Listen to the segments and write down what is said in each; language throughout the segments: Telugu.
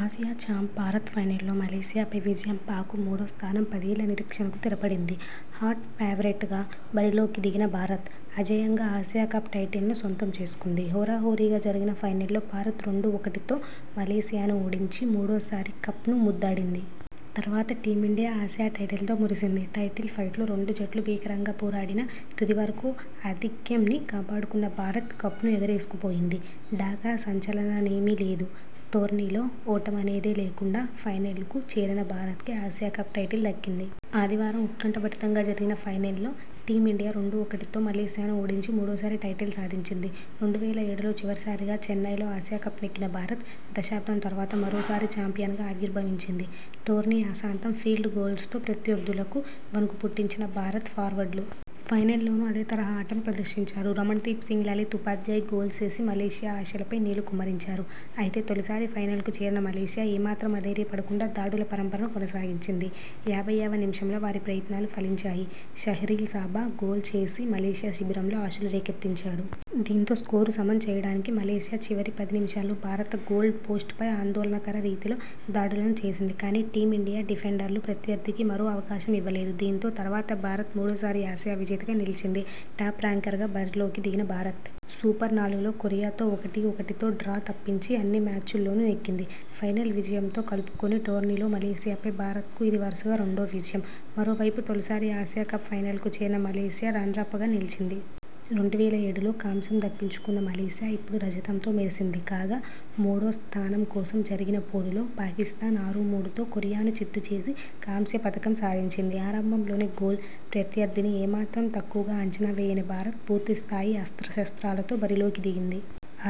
ఆసియా చాంప్ భారత్ ఫైనల్లో మలేసియాపై విజయం పాక్కు మూడో స్థానం పదేళ్ల నిరీక్షణకు తెరపడింది. హాట్ ఫేవరెట్ గా బరిలోకి దిగిన భారత్. అజేయంగా ఆసియా కప్ టైటిల్ ను సొంతం చేసుకుంది. హోరాహోరీగా జరిగిన ఫైనల్ లో భారత్ రెండు ఒకటితో మలేసియాను ఓడించి మూడోసారి కప్ ను ముద్దాడింది. తర్వాత టీమిండియా ఆసియా టైటిల్ తో మురిసింది. టైటిల్ ఫైట్ లో రెండు జట్లూ భీకరంగా పోరాడినా. తుది వరకు ఆధిక్యం ని కాపాడుకున్న భారత్ కప్ ను ఎగరేసుకుపోయింది. ఢాకా సంచలనమేమీ లేదు. టోర్నీలో ఓటమనేదే లేకుండా ఫైనల్ కు చేరిన భారత్ కే ఆసియా కప్ టైటిల్ దక్కింది. ఆదివారం ఉత్కంఠభరితంగా జరిగిన ఫైనల్ లో టీం ఇండియా రెండు ఒకటితో మలేసియాను ఓడించి మూడోసారి టైటిల్ సాధించింది. రెండు వేల ఏడులో చివరిసారిగా చెన్నైలో ఆసియా కప్ నెగ్గిన భారత్. దశాబ్దం తర్వాత మరో సారి చాంపియన్ గా ఆవిర్భవించింది. టోర్నీ ఆసాంతం ఫీల్డ్ గోల్స్ తో ప్రత్య ర్థులకు వణకు పుట్టించిన భారత ఫార్వర్డ్లు. ఫైనల్లోనూ అదే తరహా ఆటను ప్రదర్శించారు. రమణ్దీప్ సింగ్, లలిత్ ఉపాధ్యాయ్ గోల్స్ చేసి మలేసియా ఆశలపై నీళ్లు కుమ్మరించారు. అయితే తొలిసారి ఫైనల్కు చేరిన మలేసియా ఏమాత్రం అధైర్యపడకుండా దాడుల పరంపరను కొనసాగించింది. యాభైవ నిమిషంలో వారి ప్రయత్నాలు ఫలించాయి. షహ్రీల్ సాబా గోల్ చేసి మలేసియా శిబిరంలో ఆశలు రేకెత్తించాడు. దీంతో స్కోరు సమం చేయడానికి మలేసియా చివరి పది నిమిషాల్లో భారత గోల్ పోస్ట్ పై ఆందోళనకర రీతిలో దాడులను చేసింది. కానీ, టీం ఇండియా డిఫెండర్లు ప్రత్యర్థికి మరో అవకాశం ఇవ్వలేదు. దీంతో, తర్వాత భారత్ మూడోసారి ఆసియా విజేతగా నిలిచింది. టాప్ ర్యాంకర్ గా బరిలోకి దిగిన భారత్. సూపర్ నాలుగులో కొరియాతో ఒకటి ఒకటితో డ్రా తప్పించి అన్ని మ్యాచ్ల్లోనూ నెగ్గింది. ఫైనల్ విజయంతో కలుపుకుని టోర్నీలో మలేసియా పై భారత్ కు ఇది వరుసగా రెండో విజయం. మరో వైపు తొలిసారి ఆసియా కప్ ఫైనల్ కు చేరిన మలేసియా రన్నరప్ గా నిలిచింది. రెండు వేల ఏడులో కాంస్యం దక్కించుకున్న మలేసియా ఇప్పుడు రజతంతో మెరిసింది. కాగా, మూడో స్థానం కోసం జరిగిన పోరులో పాకిస్థాన్ ఆరు మూడుతో కొరియాను చిత్తు చేసి కాంస్య పతకం సాధించింది. ఆరంభంలోనే గోల్.. ప్రత్యర్థిని ఏమాత్రం తక్కువగా అంచనా వేయని భారత్.. పూర్తిస్థాయి అస్త్ర శస్త్రాలతో బరిలోకి దిగింది.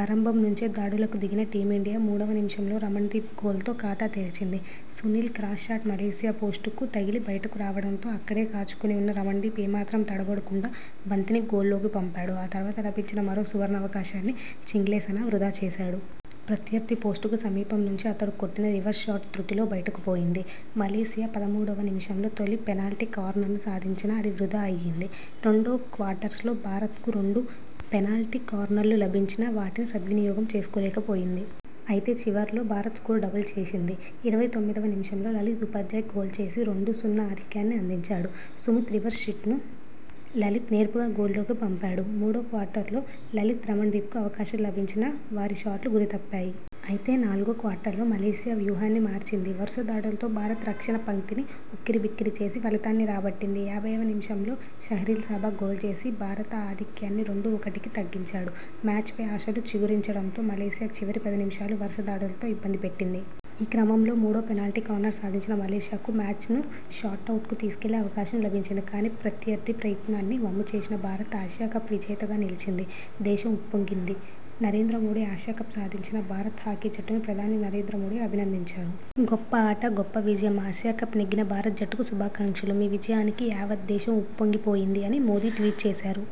ఆరంభం నుంచే దాడులకు దిగిన టీం ఇండియా మూడువ నిమిషంలో రమణ్దీప్ గోల్ తో ఖాతా తెరిచింది. సునీల్ క్రాస్ షాట్ మలేసియా పోస్టుకు తగిలి బయటకు రావడంతో అక్కడే కాచుకుని ఉన్న రమణ్దీప్ ఏమాత్రం తడబడకుండా బంతిని గోల్లోకి పంపాడు. ఆ తర్వాత లభించిన మరో సువర్ణావకాశాన్ని చింగ్లేసనా వృథా చేశాడు. ప్రత్యర్థి పోస్టుకు సమీపం నుంచి అతడు కొట్టిన రివర్స్ షాట్ త్రుటిలో బయటకు పోయింది. మలేసియా పదమూడువ నిమిషంలో తొలి పెనాల్టీ కార్నర్ ను సాధించినా అది వృథా అయింది. రెండో క్వార్టర్స్ లో భారత్ కు రెండు పెనాల్టీ కార్నర్ లు లభించినా వాటిని సద్వినియోగం చేసుకోలేక పోయింది. అయితే చివర్లో భారత్ స్కోరు డబుల్ చేసింది. ఇరవై తొమ్మిదివ నిమిషంలో లలిత్ ఉపాధ్యాయ్ గోల్చేసి రెండు సున్నా ఆధిక్యాన్ని అందించాడు. సుమీత్ రివర్స్ హిట్ను లలిత్ నేర్పుగా గోల్ లోకి పంపాడు. మూడో క్వార్టర్ లో లలిత్, రమణ్దీప్ కు అవకాశాలు లభించినా వారి షాట్లు గురి తప్పాయి. అయితే నాలుగో క్వార్టర్ లో మలేసియా వ్యూహాన్ని మార్చింది. వరుస దాడులతో భారత్ రక్షణ పంక్తిని ఉక్కిరిబిక్కిరి చేసి ఫలితాన్ని రాబట్టింది. యాభైవ నిమిషంలో షహ్రీల్ సాబా గోల్ చేసి భారత ఆధిక్యాన్ని రెండు ఒకటికి తగ్గించాడు. మ్యాచ్ పై ఆశలు చిగురించడంతో మలేసియా చివరి పది నిమిషాలు వరుస దాడులతో ఇబ్బంది పెట్టింది. ఈ క్రమంలో మూడో పెనాల్టీ కార్నర్ సాధించిన మలేసియాకు మ్యాచ్ ను షూటౌట్ కు తీసుకెళ్లే అవకాశం లభించింది. కానీ, ప్రత్యర్థి ప్రయత్నాన్ని వమ్ము చేసిన భారత్ ఆసియా కప్ విజేతగా నిలిచింది. దేశం ఉప్పొంగింది.. నరేంద్ర మోదీ ఆసియా కప్ సాధించిన భారత హాకీ జట్టును ప్రధాని నరేంద్ర మోదీ అభినందించారు. 'గొప్ప ఆట గొప్ప విజయం. ఆసియా కప్ నెగ్గిన భారత జట్టుకు శుభాకాంక్షలు. మీ విజయానికి యావద్దేశం ఉప్పొంగి పోయింది' అని మోదీ ట్వీట్ చేశారు.